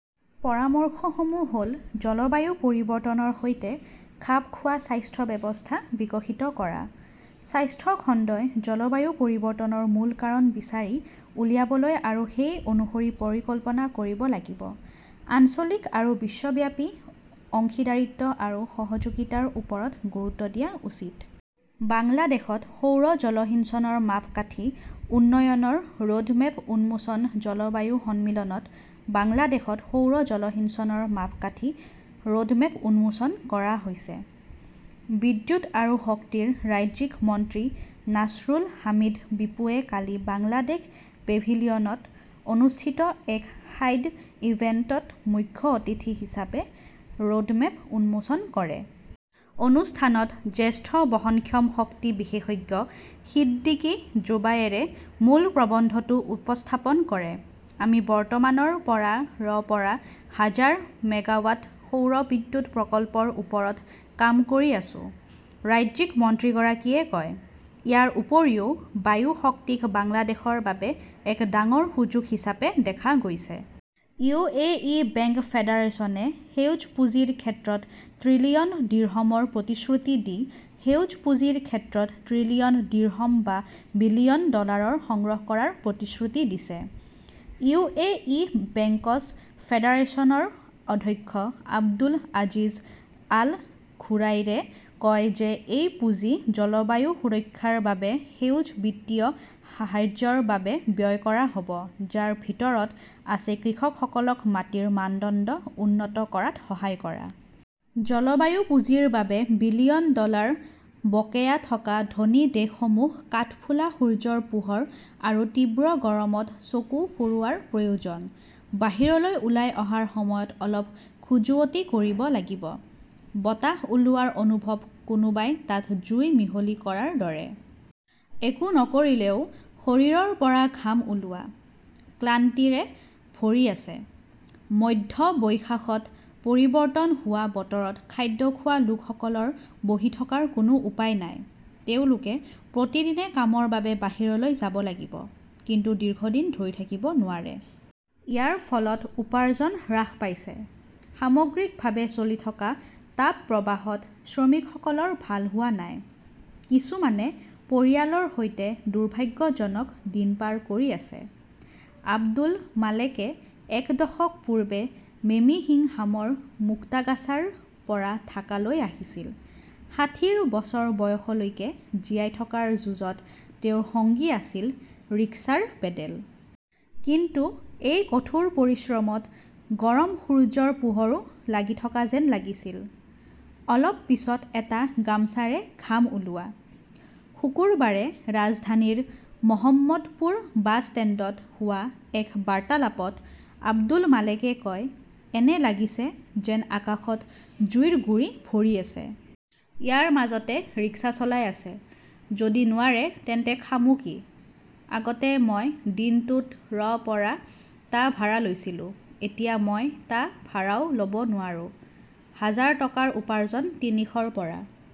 পৰামৰ্শসমূহ হ "ল-জলবায়ু পৰিৱৰ্তনৰ সৈতে খাপ খোৱা স্বাস্থ্য ব্যৱস্থা বিকশিত কৰা। স্বাস্থ্য খণ্ডই জলবায়ু পৰিৱৰ্তনৰ মূল কাৰণ বিচাৰি উলিয়াবলৈ আৰু সেই অনুসৰি পৰিকল্পনা কৰিব লাগিব। আঞ্চলিক আৰু বিশ্বব্যাপী অংশীদাৰিত্ব আৰু সহযোগিতাৰ ওপৰত গুৰুত্ব দিয়া উচিত। বাংলাদেশত সৌৰ জলসিঞ্চনৰ মাপকাঠি উন্নয়নৰ ৰোডমেপ উন্মোচন জলবায়ু সন্মিলনত বাংলাদেশত সৌৰ জলসিঞ্চনৰ মাপকাঠি ৰোডমেপ উন্মোচন কৰা হৈছে। বিদ্যুৎ আৰু শক্তিৰ ৰাজ্যিক মন্ত্ৰী নাছৰুল হামিদ বিপুৱে কালি বাংলাদেশ পেভিলিয়নত অনুষ্ঠিত এক সাইড ইভেণ্টত মুখ্য অতিথি হিচাপে ৰোডমেপ উন্মোচন কৰে। অনুষ্ঠানত জ্যেষ্ঠ বহনক্ষম শক্তি বিশেষজ্ঞ সিদ্দিক জোবায়েৰে মূল প্ৰবন্ধটো উপস্থাপন কৰে। আমি বৰ্তমান ৰ পৰা ৰ পৰা হাজাৰ মেগাৱাট সৌৰ বিদ্যুৎ প্ৰকল্পৰ ওপৰত কাম কৰি আছো ", ৰাজ্যিক মন্ত্ৰীগৰাকীয়ে কয়। ইয়াৰ উপৰিও বায়ু শক্তিক বাংলাদেশৰ বাবে এক ডাঙৰ সুযোগ হিচাপে দেখা গৈছে। ইউ. এ. ই. বেংক ফেডাৰেচনে সেউজ পুঁজিৰ ক্ষেত্ৰত ত্ৰিলিয়ন দিৰহমৰ প্ৰতিশ্ৰুতি দি সেউজ পুঁজিৰ ক্ষেত্ৰত ত্ৰিলিয়ন দিৰহম বা বিলিয়ন ডলাৰ সংগ্ৰহ কৰাৰ প্ৰতিশ্ৰুতি দিছে। ইউ. এ. ই. বেংকছ ফেডাৰেচনৰ অধ্যক্ষ আব্দুল আজিজ আল ঘুৰাইৰে কয় যে এই পুঁজি জলবায়ু সুৰক্ষাৰ বাবে সেউজ বিত্তীয় সাহায্যৰ বাবে ব্যয় কৰা হ 'ব, যাৰ ভিতৰত আছে কৃষকসকলক মাটিৰ মানদণ্ড উন্নত কৰাত সহায় কৰা। জলবায়ু পুঁজিৰ বাবে বিলিয়ন ডলাৰ বকেয়া থকা ধনী দেশসমূহ কাঠফুলা সূৰ্যৰ পোহৰ আৰু তীব্ৰ গৰমত চকু ফুৰোৱাৰ প্ৰয়োজন। বাহিৰলৈ ওলাই অহাৰ সময়ত অলপ খজুৱতি কৰিব লাগিব। বতাহ ওলোৱাৰ অনুভৱ-কোনোবাই তাত জুই মিহলি কৰাৰ দৰে। একো নকৰিলেও শৰীৰৰ পৰা ঘাম ওলোৱা। ক্লান্তিৰে ভৰি আছে। মধ্য বৈশাখত পৰিৱৰ্তন হোৱা বতৰত খাদ্য খোৱা লোকসকলৰ বহি থকাৰ কোনো উপায় নাই। তেওঁলোকে প্ৰতিদিনে কামৰ বাবে বাহিৰলৈ যাব লাগিব। কিন্তু দীৰ্ঘদিন ধৰি থাকিব নোৱাৰে। ইয়াৰ ফলত উপাৰ্জন হ্ৰাস পাইছে। সামগ্ৰিকভাৱে চলি থকা তাপপ্ৰবাহত শ্ৰমিকসকলৰ ভাল হোৱা নাই। কিছুমানে পৰিয়ালৰ সৈতে দুৰ্ভাগ্যজনক দিন পাৰ কৰি আছে। আব্দুল মালেকে এক দশক পূৰ্বে মেমিন্সিংহামৰ মুক্তাগাছাৰ পৰা ঢাকালৈ আহিছিল। ষাঠিৰ বছৰ বয়সলৈকে জীয়াই থকাৰ যুঁজত তেওঁৰ সঙ্গী আছিল ৰিক্সাৰ পেডেল। কিন্তু এই কঠোৰ পৰিশ্ৰমত গৰম সূৰ্যৰ পোহৰো লাগি থকা যেন লাগিছিল। অলপ পিছত এটা গামছাৰে ঘাম ওলোৱা। শুকুৰবাৰে ৰাজধানীৰ মহম্মদপুৰ বাছ ষ্টেণ্ডত হোৱা এক বাৰ্তালাপত আব্দুল মালেকে কয়, "এনে লাগিছে যেন আকাশত জুইৰ গুৰি ভৰি আছে। ইয়াৰ মাজতে ৰিক্সা চলাই আছে। যদি নোৱাৰে তেন্তে খামু কি? আগতে মই দিনটোত ৰ পৰা টা ভাড়া লৈছিলোঁ; এতিয়া মই টা ভাড়াও ল "ব নোৱাৰোঁ। হাজাৰ টকাৰ উপাৰ্জন তিনিশৰ পৰা